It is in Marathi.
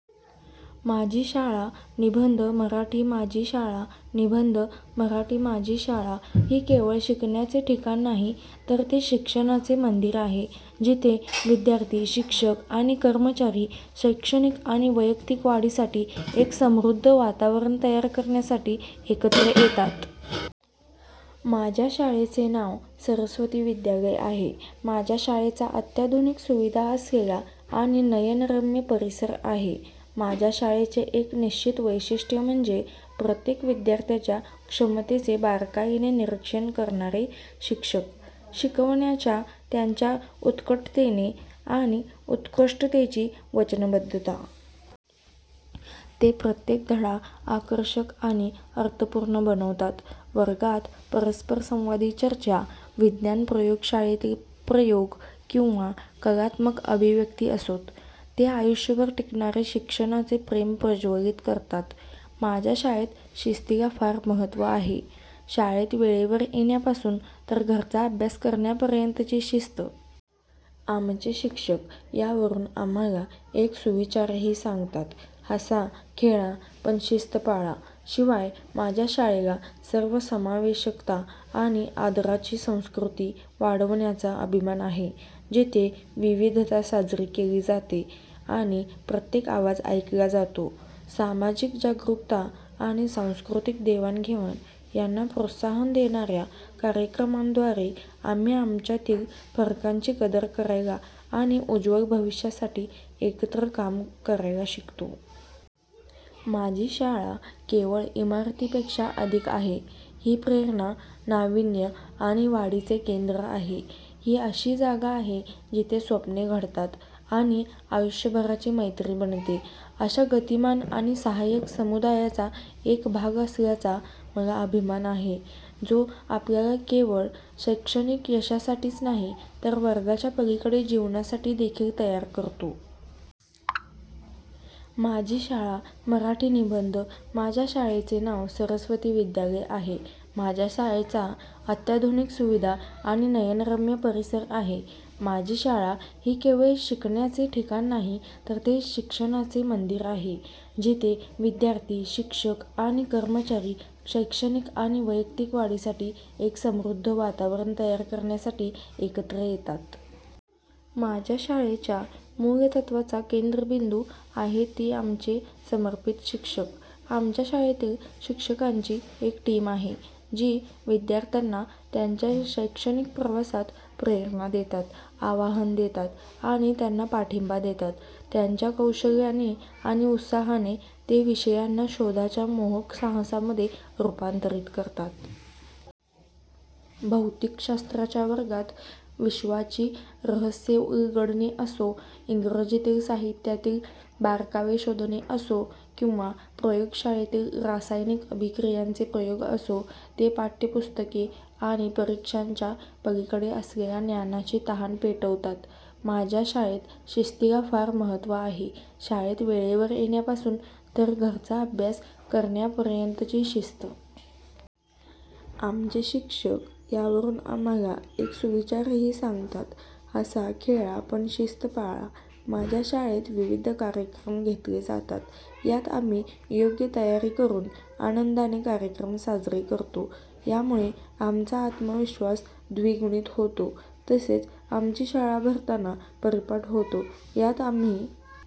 माझी शाळा निबंध मराठी माझी शाळा निबंध मराठी माझी शाळा ही केवळ शिकण्याचे ठिकाण नाही, तर ते शिक्षणाचे मंदिर आहे, जिथे विद्यार्थी, शिक्षक आणि कर्मचारी शैक्षणिक आणि वैयक्तिक वाढीसाठी एक समृद्ध वातावरण तयार करण्यासाठी एकत्र येतात. माझ्या शाळेचे नाव सरस्वती विद्यालय आहे, माझ्या शाळेचा अत्याधुनिक सुविधा असलेला आणि नयनरम्य परिसर आहे. माझ्या शाळेचे एक निश्चित वैशिष्ट्य म्हणजे प्रत्येक विद्यार्थ्याच्या क्षमतेचे बारकाईने निरीक्षण करणारे शिक्षक. शिकवण्याच्या त्यांच्या उत्कटतेने आणि उत्कृष्टतेची वचनबद्धता. ते प्रत्येक धडा आकर्षक आणि अर्थपूर्ण बनवतात. वर्गात परस्परसंवादी चर्चा, विज्ञान प्रयोगशाळेतील प्रयोग किंवा कलात्मक अभिव्यक्ती असोत, ते आयुष्यभर टिकणारे शिक्षणाचे प्रेम प्रज्वलित करतात. माझ्या शाळेत शिस्तीला फार महत्त्व आहे, शाळेत वेळेवर येण्यापासून तर घरचा अभ्यास करण्यापर्यंतची शिस्त. आमचे शिक्षक यावरून आम्हाला एक सुविचारही सांगतात, हसा खेळा पण शिस्त पाळा. शिवाय, माझ्या शाळेला सर्वसमावेशकता आणि आदराची संस्कृती वाढवण्याचा अभिमान आहे, जिथे विविधता साजरी केली जाते आणि प्रत्येक आवाज ऐकला जातो. सामाजिक जागरूकता आणि सांस्कृतिक देवाणघेवाण यांना प्रोत्साहन देणाऱ्या कार्यक्रमांद्वारे, आम्ही आमच्यातील फरकांची कदर करायला आणि उज्वल भविष्यासाठी एकत्र काम करायला शिकतो. माझी शाळा केवळ इमारतीपेक्षा अधिक आहे, हे प्रेरणा, नावीन्य आणि वाढीचे केंद्र आहे. ही अशी जागा आहे जिथे स्वप्ने घडतात आणि आयुष्यभराची मैत्री बनते. अशा गतिमान आणि सहाय्यक समुदायाचा एक भाग असल्याचा मला अभिमान आहे जो आपल्याला केवळ शैक्षणिक यशासाठीच नाही तर वर्गाच्या पलीकडे जीवनासाठी देखील तयार करतो. माझी शाळा मराठी निबंध माझ्या शाळेचे नाव सरस्वती विद्यालय आहे, माझ्या शाळेचा अत्याधुनिक सुविधा आणि नयनरम्य परिसर आहे. माझी शाळा ही केवळ शिकण्याचे ठिकाण नाही, तर ते शिक्षणाचे मंदिर आहे, जिथे विद्यार्थी, शिक्षक आणि कर्मचारी शैक्षणिक आणि वैयक्तिक वाढीसाठी एक समृद्ध वातावरण तयार करण्यासाठी एकत्र येतात. माझ्या शाळेच्या मूलतत्त्वाचा केंद्रबिंदू आहे ती आमचे समर्पित शिक्षक, आमच्या शाळेतील शिक्षकांची एक टीम आहे, जी विद्यार्थ्यांना त्यांच्या शैक्षणिक प्रवासात प्रेरणा देतात, आव्हान देतात आणि त्यांना पाठिंबा देतात. त्यांच्या कौशल्याने आणि उत्साहाने ते विषयांना शोधाच्या मोहक साहसांमध्ये रूपांतरित करतात. भौतिकशास्त्राच्या वर्गात विश्वाची रहस्ये उलगडणे असो, इंग्रजीतील साहित्यातील बारकावे शोधणे असो किंवा प्रयोगशाळेतील रासायनिक अभिक्रियांचे प्रयोग असो, ते पाठ्यपुस्तके आणि परीक्षांच्या पलीकडे असलेल्या ज्ञानाची तहान पेटवतात. माझ्या शाळेत शिस्तीला फार महत्त्व आहे, शाळेत वेळेवर येण्यापासून तर घरचा अभ्यास करण्यापर्यंतची शिस्त. आमचे शिक्षक यावरून आम्हाला एक सुविचारही सांगतात, हसा खेळा पण शिस्त पाळा. माझ्या शाळेत विविध कार्यक्रम घेतले जातात, यात आम्ही योग्य तयारी करून आनंदाने कार्यक्रम साजरे करतो, यामुळे आमचा आत्मविश्वास द्विगुणित होतो. तसेच आमची शाळा भरतांना परिपाठ होतो, यात आम्ही